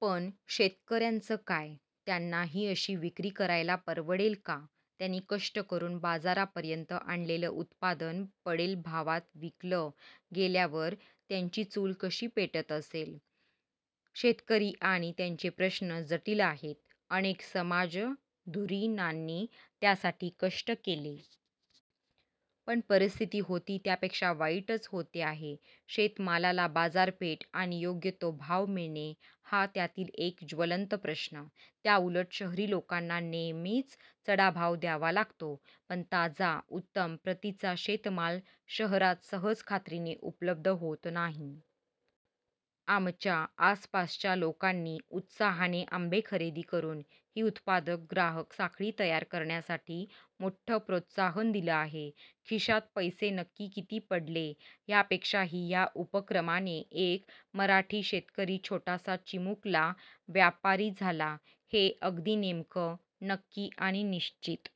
पण शेतकऱ्यांचं काय? त्यांना ही अशी विक्री करायला परवडेल का? त्यांनी कष्ट करून बाजारापर्यंत आणलेलं उत्पादन पडेल भावात विकलं गेल्यावर त्यांची चूल कशी पेटत असेल? शेतकरी आणि त्यांचे प्रश्न जटिल आहेत. अनेक समाजधुरीणांनी त्यासाठी कष्ट केले. पण परिस्थिती होती त्यापेक्षा वाईटच होते आहे. शेतमालाला बाजारपेठ आणि योग्य तो भाव मिळणे, हा त्यातील एक ज्वलंत प्रश्न. त्याउलट शहरी लोकांना नेहमीच चढा भाव द्यावा लागतो. पण ताजा, उत्तम प्रतीचा शेतमाल शहरात सहज खात्रीने उपलब्ध होत नाही. आमच्या आसपासच्या लोकांनी उत्साहाने आंबे खरेदी करून ही उत्पादक-ग्राहक साखळी तयार करण्यासाठी मोठं प्रोत्साहन दिलं आहे. खिशात पैसे नक्की किती पडले? ह्या पेक्षाही ह्या उपक्रमाने एक मराठी शेतकरी छोटासा, चिमुकला व्यापारी झाला, हे अगदी नेमकं, नक्की आणि निश्चित!!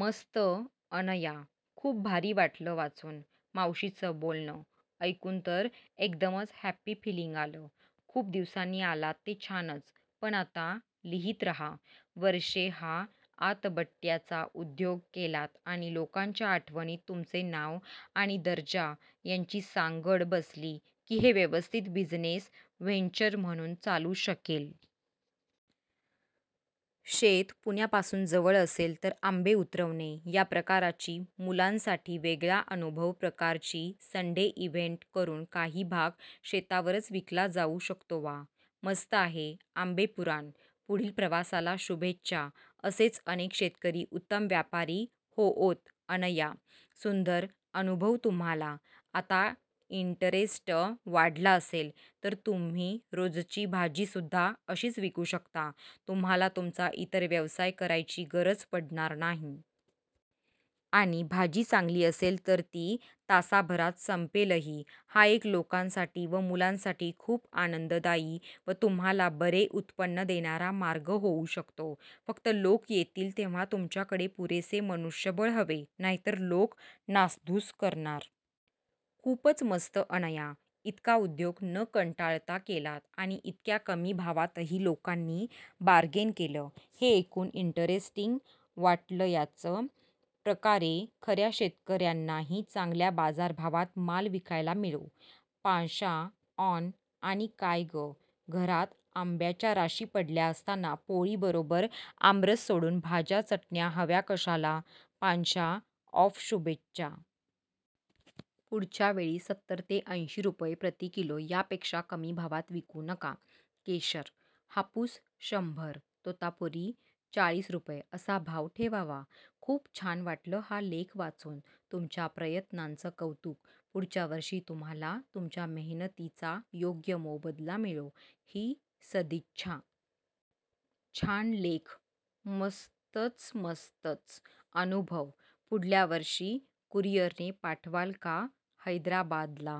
मस्त अनया. खूप भारी वाटलं वाचुन. मावशीचं बोलणं ऐकुन तर एकदमचं हॅपी फीलिंग आलं. खुप दिवसांनी आलात ते छानच पण आता लिहीत रहा. वर्षे हा आतबट्ट्याचा उद्योग केलात आणि लोकांच्या आठवणीत तुमचे नाव आणि दर्जा यांची सांगड बसली की हे व्यवस्थित बिझनेस व्हेंचर म्हणून चालू शकेल. शेत पुण्यापासून जवळ असेल तर "आंबे उतरवणे " या प्रकाराची " मुलांसाठी वेगळा अनुभव" प्रकारची -संडे इव्हेंट करुन काही भाग शेतावरच विकला जाऊ शकतोवा, मस्त आहे आंबेपुराण.. पुढील प्रवासाला शुभेच्छाअसेच अनेक शेतकरी उत्तम व्यापारी होवोतअनया, सुंदर अनुभवतुम्हाला आता इंटरेस्ट वाढला असेल तर तुम्ही रोजची भाजीसुदधा अशी विकू शकता, तुम्हाला तुमचा इतर व्यवसाय करायची गरज पडणार नाही. आणि भाजी चांगली असेल तर ती तासाभरात संपेलही. हा एक लोकांसाठी व मुलांसाठी खूप आनंददायी व तुम्हाला बरे उत्पन्न देणारा मार्ग होऊ शकतो, फक्त लोक येतील तेव्हा तुमच्या कडे पुरेसे मनुष्यबळ हवे. नाहीतर लोक नासधूस करणार. खूपच मस्त अनया. इतका उद्योग न कंटाळता केलात, आणि इतक्या कमी भावातही लोकांनी बारगेन केलं हे ऐकून इंटरेस्टिंग वाटलंयाच प्रकारे खऱ्या शेतकऱ्यांनाही चांगल्या बाजारभावात माल विकायला मिळो. पांशा ऑन 'आणि काय गं, घरात आंब्याच्या राशी पडल्या असताना पोळी बरोबर आमरस सोडून भाज्या चटण्या हव्या कशाला' पांशा ऑफशुभेच्छा!! पुढच्या वेळी सत्तर ते ऐंशी रुपये प्रति किलो या पेक्षा कमी भावात विकू नका. केशर, हापूस शंभर, तोतापुरी चाळीस रुपये असा भाव ठेवावा. खूप छान वाटलं हा लेख वाचून. तुमच्या प्रयत्नांच कौतुक. पुढच्या वर्षी तुम्हाला तुमच्या मेहनतीचा योग्य मोबदला मिळो ही सदिच्छा. + छान लेख. मस्तचमस्तच अनुभव! पुढल्या वर्षी कुरियरने पाठवाल का हैदराबादला?